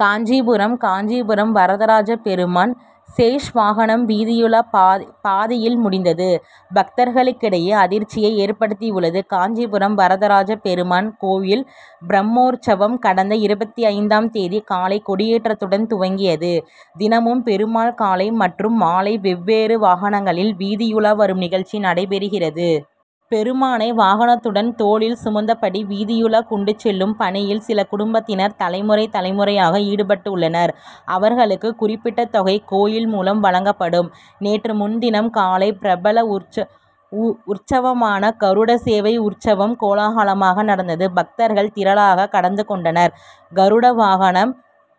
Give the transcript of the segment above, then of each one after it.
காஞ்சிபுரம் காஞ்சிபுரம் வரதராஜ பெருமாள், சேஷ வாகனம் வீதியுலா பாதியில் முடிந்தது, பக்தர்களிடையே அதிர்ச்சியை ஏற்படுத்தியுள்ளது. காஞ்சிபுரம் வரதராஜ பெருமாள் கோவில் பிரம்மோற்சவம், கடந்த இருபத்தைந்தும் தேதி காலை கொடியேற்றத்துடன் துவங்கியது. தினமும் பெருமாள் காலை மற்றும் மாலை வெவ்வேறு வாகனங்களில், வீதியுலா வரும் நிகழ்ச்சி நடைபெறுகிறது. பெருமாளை வாகனத்துடன் தோளில் சுமந்தபடி, வீதியுலா கொண்டு செல்லும் பணியில், சில குடும்பத்தினர் தலைமுறை, தலைமுறையாக ஈடுபட்டுள்ளனர். அவர்களுக்கு, குறிப்பிட்ட தொகை கோவில் மூலம் வழங்கப்படும். நேற்று முன்தினம், காலை பிரபல உற்சவமான கருடசேவை உற்சவம் கோலாகலமாக நடந்தது. பக்தர்கள் திரளாக கலந்து கொண்டனர். கருடவாகனம்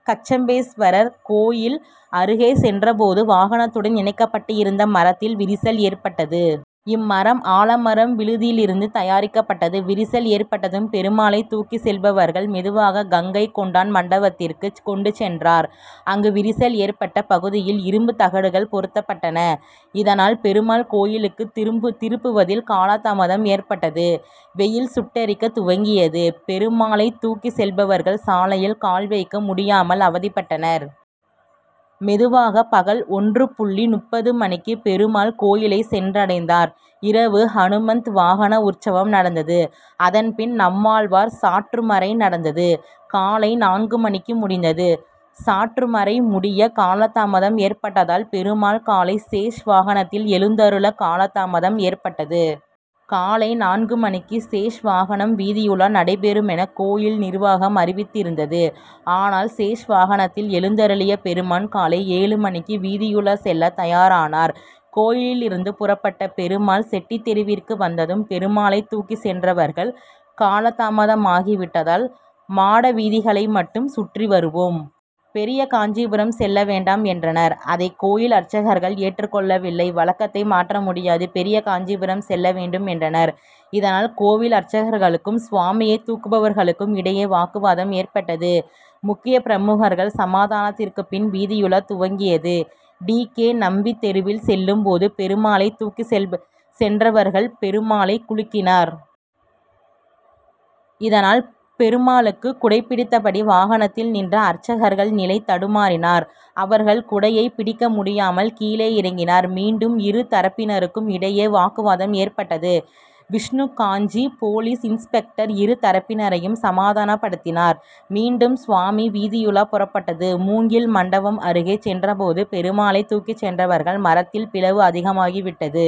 கச்சபேஸ்வரர் கோவில் அருகே சென்றபோது, வாகனத்துடன் இணைக்கப்பட்டிருந்த மரத்தில், விரிசல் ஏற்பட்டது. இம்மரம் ஆலமரம் விழுதிலிருந்து தயாரிக்கப்பட்டது. விரிசல் ஏற்பட்டதும், பெருமாளை தூக்கி செல்பவர்கள், மெதுவாக கங்கை கொண்டான் மண்டபத்திற்கு கொண்டு சென்றனர். அங்கு விரிசல் ஏற்பட்ட பகுதியில், இரும்பு தகடுகள் பொருத்தப்பட்டன. இதனால், பெருமாள் கோவிலுக்கு திரும்புவதில், காலதாமதம் ஏற்பட்டது. வெயில் சுட்டெரிக்க துவங்கியது. பெருமாளை தூக்கி செல்பவர்கள், சாலையில் கால் வைக்க முடியாமல் அவதிப்பட்டனர். மெதுவாக பகல் ஒன்று புள்ளி முப்பது மணிக்கு பெருமாள் கோவிலை சென்றடைந்தார். இரவு ஹனுமந்த வாகன உற்சவம் நடந்தது. அதன்பின் நம்மாழ்வார் சாற்றுமறை நடந்தது. காலை நான்கு மணிக்கு முடிந்தது. சாற்றுமறை முடிய காலதாமதம் ஏற்பட்டதால், பெருமாள் காலை சேஷ வாகனத்தில் எழுந்தருள காலதாமதம் ஏற்பட்டது. காலை நான்கு மணிக்கு சேஷ வாகனம் வீதியுலா நடைபெறுமென, கோவில் நிர்வாகம் அறிவித்திருந்தது. ஆனால் சேஷ வாகனத்தில் எழுந் தருளிய பெருமாள், காலை ஏழு மணிக்கு வீதியுலா செல்ல தயாரானார். கோவிலிலிருந்து புறப்பட்ட பெருமாள் செட்டித்தெருவிற்கு வந்ததும், பெருமாளை தூக்கி சென்றவர்கள், காலதாமதமாகிவிட்டதால் மாட வீதிகளை மட்டும் சுற்றி வருவோம். பெரியகாஞ்சிபுரம் செல்ல வேண்டாம் என்றனர். அதை கோவில் அர்ச்சகர்கள் ஏற்றுக் கொள்ளவில்லை. வழக்கத்தை மாற்ற முடியாது. பெரியகாஞ்சிபுரம் செல்ல வேண்டும் என்றனர். இதனால் கோவில் அர்ச்சகர்களுக்கும், சுவாமியை தூக்குபவர்களுக்கும் இடையே வாக்குவாதம் ஏற்பட்டது. முக்கிய பிரமுகர்கள் சமாதானத்திற்கு பின், வீதியுலா துவங்கியது. டி. கே. நம்பி தெருவில் செல்லும்போது, பெருமாளை தூக்கி சென்றவர்கள், பெருமாளை குலுக்கினர். இதனால் பெருமாளுக்கு குடைபிடித்தபடி வாகனத்தில் நின்ற அர்ச்சகர்கள் நிலை தடுமாறினர். அவர்கள் குடையை பிடிக்க முடியாமல் கீழே இறக்கினர். மீண்டும் இரு தரப்பினருக்கும் இடையே, வாக்குவாதம் ஏற்பட்டது. விஷ்ணுகாஞ்சி போலீஸ் இன்ஸ்பெக்டர் இரு தரப்பினரையும் சமாதானப்படுத்தினார். மீண்டும் சுவாமி வீதியுலா புறப்பட்டது. மூங்கில் மண்டபம் அருகே சென்றபோது, பெருமாளை தூக்கி சென்றவர்கள் மரத்தில் பிளவு அதிகமாகிவிட்டது.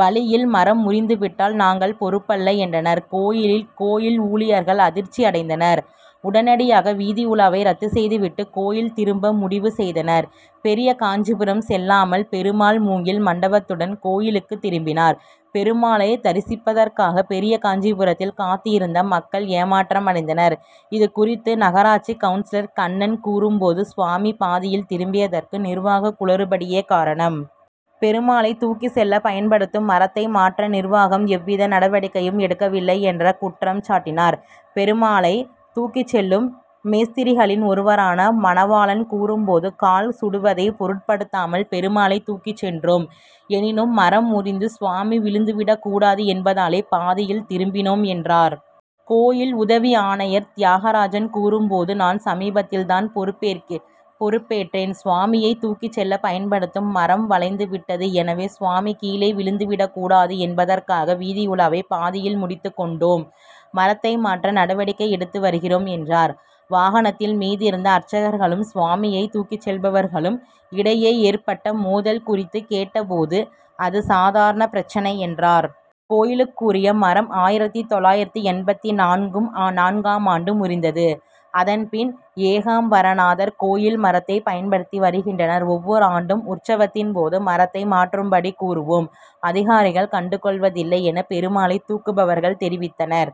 வழியில் மரம் முறிந்துவிட்டால், நாங்கள் பொறுப்பல்ல என்றனர். கோயில் ஊழியர்கள் அதிர்ச்சி அடைந்தனர். உடனடியாக வீதியுலாவை, ரத்து செய்துவிட்டு, கோயில் திரும்ப முடிவு செய்தனர். பெரியகாஞ்சிபுரம் செல்லாமல், பெருமாள் மூங்கில் மண்டபத்துடன், கோயிலுக்கு திரும்பினார். பெருமாளை தரிசிப்பதற்காக, பெரியகாஞ்சிபுரத்தில் காத்திருந்த மக்கள் ஏமாற்றமடைந்தனர். இதுகுறித்து நகராட்சி கவுன்சிலர் கண்ணன் கூறும்போது, சுவாமி பாதியில் திரும்பியதற்கு, நிர்வாக குளறுபடியே காரணம். பெருமாளை தூக்கி செல்ல பயன்படுத்தும் மரத்தை மாற்ற, நிர்வாகம் எவ்வித நடவடிக்கையும் எடுக்கவில்லை' என குற்றம் சாட்டினார். பெருமாளை தூக்கி செல்லும் மேஸ்திரிகளில் ஒருவரான, மணவாளன் கூறும்போது, கால் சுடுவதை பொருட்படுத்தாமல், பெருமாளை தூக்கி சென்றோம். எனினும் மரம் முறிந்து சுவாமி விழுந்து விடக்கூடாது என்பதாலே பாதியில் திரும்பினோம் என்றார். கோயில் உதவி ஆணையர் தியாகராஜன் கூறும்போது, நான் சமீபத்தில் தான் பொறுப்பேற்றேன். சுவாமியை தூக்கி செல்ல பயன்படுத்தும் மரம் வளைந்து விட்டது. எனவே சுவாமி கீழே விழுந்து விடக்கூடாது என்பதற்காக வீதியுலாவை பாதியில் முடித்து கொண்டோம். மரத்தை மாற்ற நடவடிக்கை எடுத்து வருகிறோம் என்றார். வாகனத்தின் மீதிருந்த அர்ச்சகர்களுக்கும், சுவாமியை தூக்கி செல்பவர்களுக்கும் இடையே ஏற்பட்ட மோதல் குறித்து கேட்டபோது, அது சாதாரண பிரச்னை என்றார். இக்கோயிலுக்குரிய மரம் ஆயிரத்து தொள்ளாயிரத்து எண்பத்து நான்கு ம் நான்காம் ஆண்டு முறிந்தது. அதன்பின் ஏகாம்பரநாதர் கோவில் மரத்தை, பயன்படுத்தி வருகின்றனர். ஒவ்வொரு ஆண்டு உற்சவத்தின்போதும், மரத்தை மாற்றும்படி கூறுவோம். அதிகாரிகள் கண்டு கொள்வதில்லை என பெருமாளை தூக்குபவர்கள் தெரிவித்தனர்.